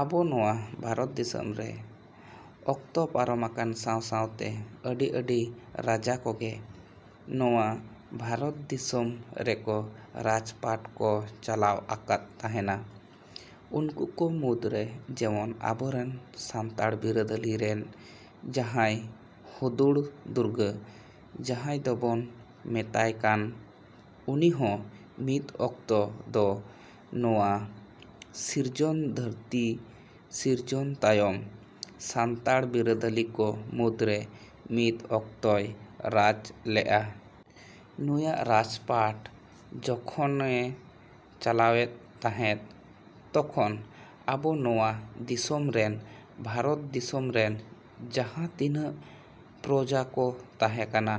ᱟᱵᱚ ᱱᱚᱣᱟ ᱵᱷᱟᱨᱚᱛ ᱫᱤᱥᱚᱢ ᱨᱮ ᱚᱠᱛᱚ ᱯᱟᱨᱚᱢᱟᱠᱟᱱ ᱥᱟᱶ ᱥᱟᱶᱛᱮ ᱟᱹᱰᱤ ᱟᱹᱰᱤ ᱨᱟᱡᱟ ᱠᱚᱜᱮ ᱱᱚᱣᱟ ᱵᱷᱟᱨᱚᱛ ᱫᱤᱥᱚᱢ ᱨᱮᱠᱚ ᱨᱟᱡᱽ ᱯᱟᱴ ᱠᱚ ᱪᱟᱞᱟᱣ ᱟᱠᱟᱫ ᱛᱟᱦᱮᱸᱱᱟ᱾ ᱩᱱᱠᱩ ᱠᱚ ᱢᱩᱫᱽᱨᱮ ᱡᱮᱢᱚᱱ ᱟᱵᱚᱨᱮᱱ ᱥᱟᱱᱛᱟᱲ ᱵᱤᱨᱟᱹᱫᱟᱹᱞᱤ ᱨᱮᱱ ᱡᱟᱦᱟᱸᱭ ᱦᱩᱫᱩᱲ ᱫᱩᱨᱜᱟᱹ ᱡᱟᱦᱟᱸᱭ ᱫᱚᱵᱚᱱ ᱢᱮᱛᱟᱭ ᱠᱟᱱ, ᱩᱱᱤᱦᱚᱸ ᱢᱤᱫ ᱚᱠᱛᱚ ᱫᱚ ᱱᱚᱣᱟ ᱥᱤᱨᱡᱚᱱ ᱫᱷᱟᱹᱨᱛᱤ ᱥᱤᱨᱡᱚᱱ ᱛᱟᱭᱚᱢ ᱥᱟᱱᱛᱟᱲ ᱵᱤᱨᱟᱹᱫᱟᱹᱞᱤ ᱠᱚ ᱢᱩᱫᱽᱨᱮ ᱢᱤᱫ ᱚᱠᱛᱚᱭ ᱨᱟᱡᱽ ᱞᱮᱜᱼᱟ᱾ ᱱᱩᱭᱟᱜ ᱨᱟᱡᱽ ᱯᱟᱴ ᱡᱚᱠᱷᱚᱱᱮ ᱪᱟᱞᱟᱣᱮᱫ ᱛᱟᱦᱮᱸᱫ, ᱛᱚᱠᱷᱚᱱ ᱟᱵᱚ ᱱᱚᱣᱟ ᱫᱤᱥᱚᱢ ᱨᱮᱱ, ᱵᱷᱟᱨᱚᱛ ᱫᱤᱥᱚᱢ ᱨᱮᱱ ᱡᱟᱦᱟᱸ ᱛᱤᱱᱟᱹᱜ ᱯᱨᱚᱡᱟ ᱠᱚ ᱛᱟᱦᱮᱸ ᱠᱟᱱᱟ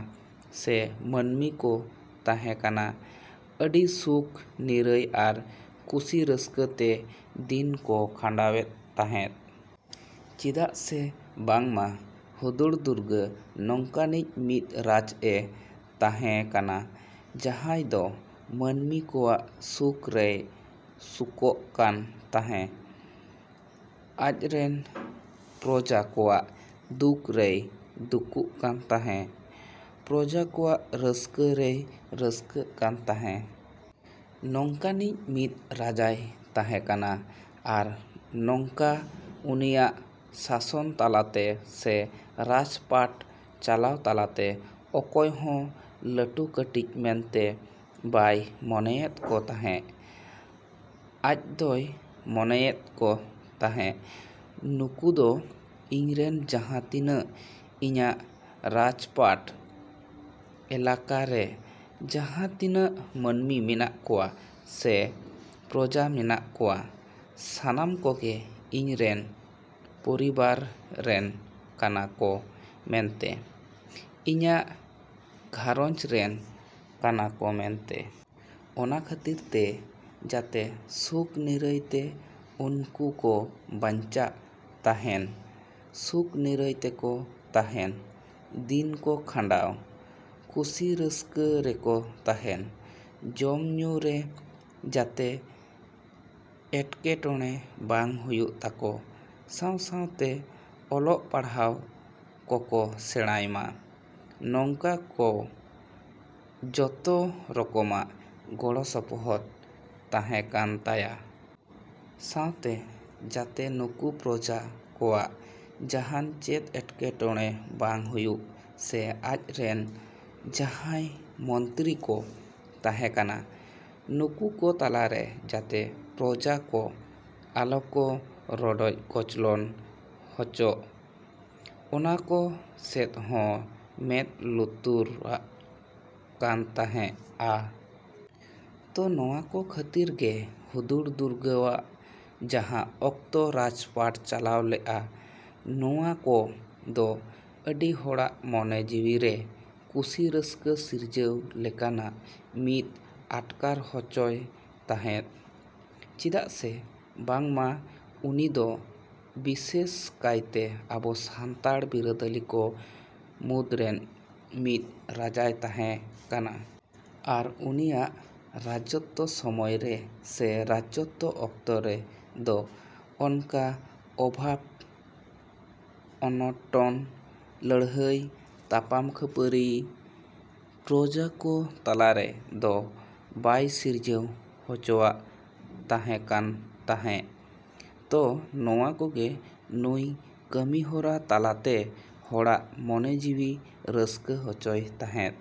ᱥᱮ ᱢᱟᱹᱱᱢᱤ ᱠᱚ ᱛᱟᱦᱮᱸ ᱠᱟᱱᱟ, ᱟᱹᱰᱤ ᱥᱩᱠ ᱱᱤᱨᱟᱹᱭ ᱟᱨ ᱠᱩᱥᱤ ᱨᱟᱹᱥᱠᱟᱹ ᱛᱮ ᱫᱤᱱ ᱠᱚ ᱠᱷᱟᱸᱰᱟᱣᱮᱫ ᱛᱟᱦᱮᱫ᱾ ᱪᱮᱫᱟᱜ ᱥᱮ ᱵᱟᱝᱢᱟ ᱦᱩᱫᱩᱲ ᱫᱩᱨᱜᱟᱹ ᱱᱚᱝᱠᱟᱱᱤᱡ ᱢᱤᱫ ᱨᱟᱡ ᱮ ᱛᱟᱦᱮᱸ ᱠᱟᱱᱟ ᱡᱟᱦᱟᱸᱭ ᱫᱚ ᱢᱟᱹᱱᱢᱤ ᱠᱚᱣᱟᱜ ᱥᱩᱠ ᱨᱮᱭ ᱥᱩᱠᱚᱜ ᱠᱟᱱ ᱛᱟᱦᱮᱸ, ᱟᱡᱽᱨᱮᱱ ᱯᱨᱚᱡᱟ ᱠᱚᱣᱟᱜ ᱫᱩᱠ ᱨᱮᱭ ᱫᱩᱠᱚᱜ ᱠᱟᱱ ᱛᱟᱦᱮᱸ, ᱯᱨᱚᱡᱟ ᱠᱚᱣᱟᱜ ᱨᱟᱹᱥᱠᱟᱹ ᱨᱮᱭ ᱨᱟᱹᱥᱠᱟᱹᱜ ᱠᱟᱱ ᱛᱟᱦᱮᱸ᱾ ᱱᱚᱝᱠᱟᱱᱤᱡ ᱢᱤᱫ ᱨᱟᱡᱟᱭ ᱛᱟᱦᱮᱸ ᱠᱟᱱᱟ ᱟᱨ ᱱᱚᱝᱠᱟ ᱩᱱᱤᱭᱟᱜ ᱥᱟᱥᱚᱱ ᱛᱟᱞᱟᱛᱮ ᱥᱮ ᱨᱟᱡᱽ ᱯᱟᱴ ᱪᱟᱞᱟᱣ ᱛᱟᱞᱟᱛᱮ ᱚᱠᱚᱭ ᱦᱚᱸ ᱞᱟᱹᱴᱩ ᱠᱟᱹᱴᱤᱡ ᱢᱮᱱᱛᱮ ᱵᱟᱭ ᱢᱚᱱᱮᱭᱮᱫ ᱠᱚ ᱛᱟᱦᱮᱜ᱾ ᱟᱡᱫᱚᱭ ᱢᱚᱱᱮᱭᱮᱫ ᱠᱚ ᱛᱟᱦᱮᱸᱜ ᱱᱩᱠᱩ ᱫᱚ ᱤᱧᱨᱮᱱ ᱡᱟᱦᱟᱸ ᱛᱤᱱᱟᱹᱜ ᱤᱧᱟᱹᱜ ᱨᱟᱡᱽᱯᱟᱴᱷ ᱮᱞᱟᱠᱟ ᱨᱮ ᱡᱟᱦᱟᱸ ᱛᱤᱱᱟᱹᱜ ᱢᱟᱹᱱᱢᱤ ᱢᱮᱱᱟᱜ ᱠᱚᱣᱟ ᱥᱮ ᱯᱨᱚᱡᱟ ᱢᱮᱱᱟᱜ ᱠᱚᱣᱟ, ᱥᱟᱱᱟᱢ ᱠᱚᱜᱮ ᱤᱧᱨᱮᱱ ᱯᱚᱨᱤᱵᱟᱨ ᱨᱮᱱ ᱠᱟᱱᱟ ᱠᱚ ᱢᱮᱱᱛᱮ, ᱤᱧᱟᱹᱜ ᱜᱷᱟᱨᱚᱧᱡᱽ ᱨᱮᱱ ᱠᱟᱱᱟ ᱠᱚ ᱢᱮᱱᱛᱮ᱾ ᱚᱱᱟ ᱠᱷᱟᱹᱛᱤᱨ ᱛᱮ ᱡᱟᱛᱮ ᱥᱩᱠ ᱱᱤᱨᱟᱹᱭ ᱛᱮ ᱩᱱᱠᱩ ᱠᱚ ᱵᱟᱸᱧᱪᱟᱜ ᱛᱟᱦᱮᱸᱱ, ᱥᱩᱠ ᱱᱤᱨᱟᱹᱭ ᱛᱮᱠᱚ ᱛᱟᱦᱮᱱ, ᱫᱤᱱ ᱠᱚ ᱠᱷᱟᱸᱰᱟᱣ, ᱠᱩᱥᱤ ᱨᱟᱹᱥᱠᱟᱹ ᱨᱮᱠᱚ ᱛᱟᱦᱮᱱ, ᱡᱚᱢ ᱧᱩ ᱨᱮ ᱡᱟᱛᱮ ᱮᱴᱠᱮ ᱴᱚᱬᱮ ᱵᱟᱝ ᱦᱩᱭᱩᱜ ᱛᱟᱠᱚ, ᱥᱟᱶ ᱥᱟᱶᱛᱮ ᱚᱞᱚᱜ ᱯᱟᱲᱦᱟᱣ ᱠᱚᱠᱚ ᱥᱮᱬᱟᱭᱢᱟ, ᱱᱚᱝᱠᱟ ᱠᱚ ᱡᱚᱛᱚ ᱨᱚᱠᱚᱢᱟᱜ ᱜᱚᱲᱚ ᱥᱚᱯᱚᱦᱚᱫ ᱛᱟᱦᱮᱸ ᱠᱟᱱ ᱛᱟᱭᱟ᱾ ᱥᱟᱶᱛᱮ ᱡᱟᱛᱮ ᱩᱱᱠᱩ ᱯᱨᱚᱡᱟ ᱠᱚᱣᱟᱜ ᱡᱟᱦᱟᱱ ᱪᱮᱫ ᱮᱴᱠᱮ ᱴᱚᱬᱮ ᱵᱟᱝ ᱦᱩᱭᱩᱜ ᱥᱮ ᱟᱡᱨᱮᱱ ᱡᱟᱦᱟᱭ ᱢᱚᱱᱛᱨᱤ ᱠᱚ ᱛᱟᱦᱮᱸ ᱠᱟᱱᱟ, ᱩᱱᱠᱩ ᱠᱚ ᱛᱟᱞᱟᱛᱮ ᱡᱟᱛᱮ ᱯᱨᱚᱡᱟ ᱠᱚ ᱟᱞᱚ ᱠᱚ ᱨᱚᱰᱚᱡᱽ ᱠᱚᱪᱞᱚᱱ ᱦᱚᱪᱚᱜ, ᱚᱱᱟ ᱠᱚ ᱥᱮᱫ ᱦᱚᱸᱭ ᱢᱮᱸᱫ ᱞᱩᱛᱩᱨᱟᱜ ᱠᱟᱱ ᱛᱟᱦᱮᱜᱼᱟ᱾ ᱛᱚ ᱱᱚᱣᱟ ᱠᱚ ᱠᱷᱟᱹᱛᱤᱨ ᱜᱮ ᱦᱩᱫᱩᱲ ᱫᱩᱨᱜᱟᱹᱣᱟᱜ ᱡᱟᱦᱟᱸ ᱚᱠᱛᱚ ᱨᱟᱡᱽ ᱯᱟᱴᱮ ᱪᱟᱞᱟᱣ ᱞᱮᱜᱼᱟ, ᱱᱚᱣᱟ ᱠᱚ ᱫᱚ ᱟᱹᱰᱤ ᱦᱚᱲᱟᱜ ᱢᱚᱱᱮ ᱡᱤᱣᱤ ᱨᱮ ᱠᱩᱥᱤ ᱨᱟᱹᱥᱠᱟᱹ ᱥᱤᱨᱡᱟᱹᱣ ᱞᱮᱠᱟᱱᱟᱜ ᱢᱤᱫ ᱟᱴᱠᱟᱨ ᱦᱚᱪᱚᱭ ᱛᱟᱦᱮᱫ᱾ ᱪᱮᱫᱟᱜ ᱥᱮ ᱵᱟᱝᱢᱟ ᱩᱱᱤ ᱫᱚ ᱵᱤᱥᱮᱥ ᱠᱟᱭᱛᱮ ᱟᱵᱚ ᱥᱟᱱᱛᱟᱲ ᱵᱤᱨᱟᱹᱫᱟᱞᱤ ᱠᱚ ᱢᱩᱫᱽᱨᱮᱱ ᱢᱤᱫ ᱨᱟᱡᱟᱭ ᱛᱟᱦᱮᱸ ᱠᱟᱱᱟ᱾ ᱟᱨ ᱩᱱᱤᱭᱟᱜ ᱨᱟᱡᱚᱛᱛᱚ ᱥᱚᱢᱚᱭ ᱨᱮ, ᱥᱮ ᱨᱟᱡᱚᱛᱛᱚ ᱚᱠᱛᱚ ᱨᱮ ᱫᱚ ᱚᱱᱠᱟ ᱚᱵᱷᱟᱵ ᱚᱱᱚᱴᱚᱱ, ᱞᱟᱹᱲᱦᱟᱹᱭ ᱛᱟᱯᱟᱢ, ᱠᱟᱯᱷᱟᱹᱨᱤ ᱯᱨᱚᱡᱟ ᱠᱚ ᱛᱟᱞᱟᱨᱮ ᱫᱚ ᱵᱟᱭ ᱥᱤᱨᱡᱟᱹᱣ ᱦᱚᱪᱚᱣᱼᱟᱜ ᱛᱟᱦᱮᱸ ᱠᱟᱱ ᱛᱟᱦᱮᱜ᱾ ᱛᱚ ᱱᱚᱣᱟ ᱠᱚᱜᱮ ᱱᱩᱭ ᱠᱟᱢᱤ ᱦᱚᱨᱟ ᱛᱟᱞᱟ ᱛᱮ ᱦᱚᱲᱟᱜ ᱢᱚᱱᱮ ᱡᱤᱣᱤ ᱨᱟᱹᱥᱠᱟᱹ ᱦᱚᱪᱚᱭ ᱛᱟᱦᱮᱫ᱾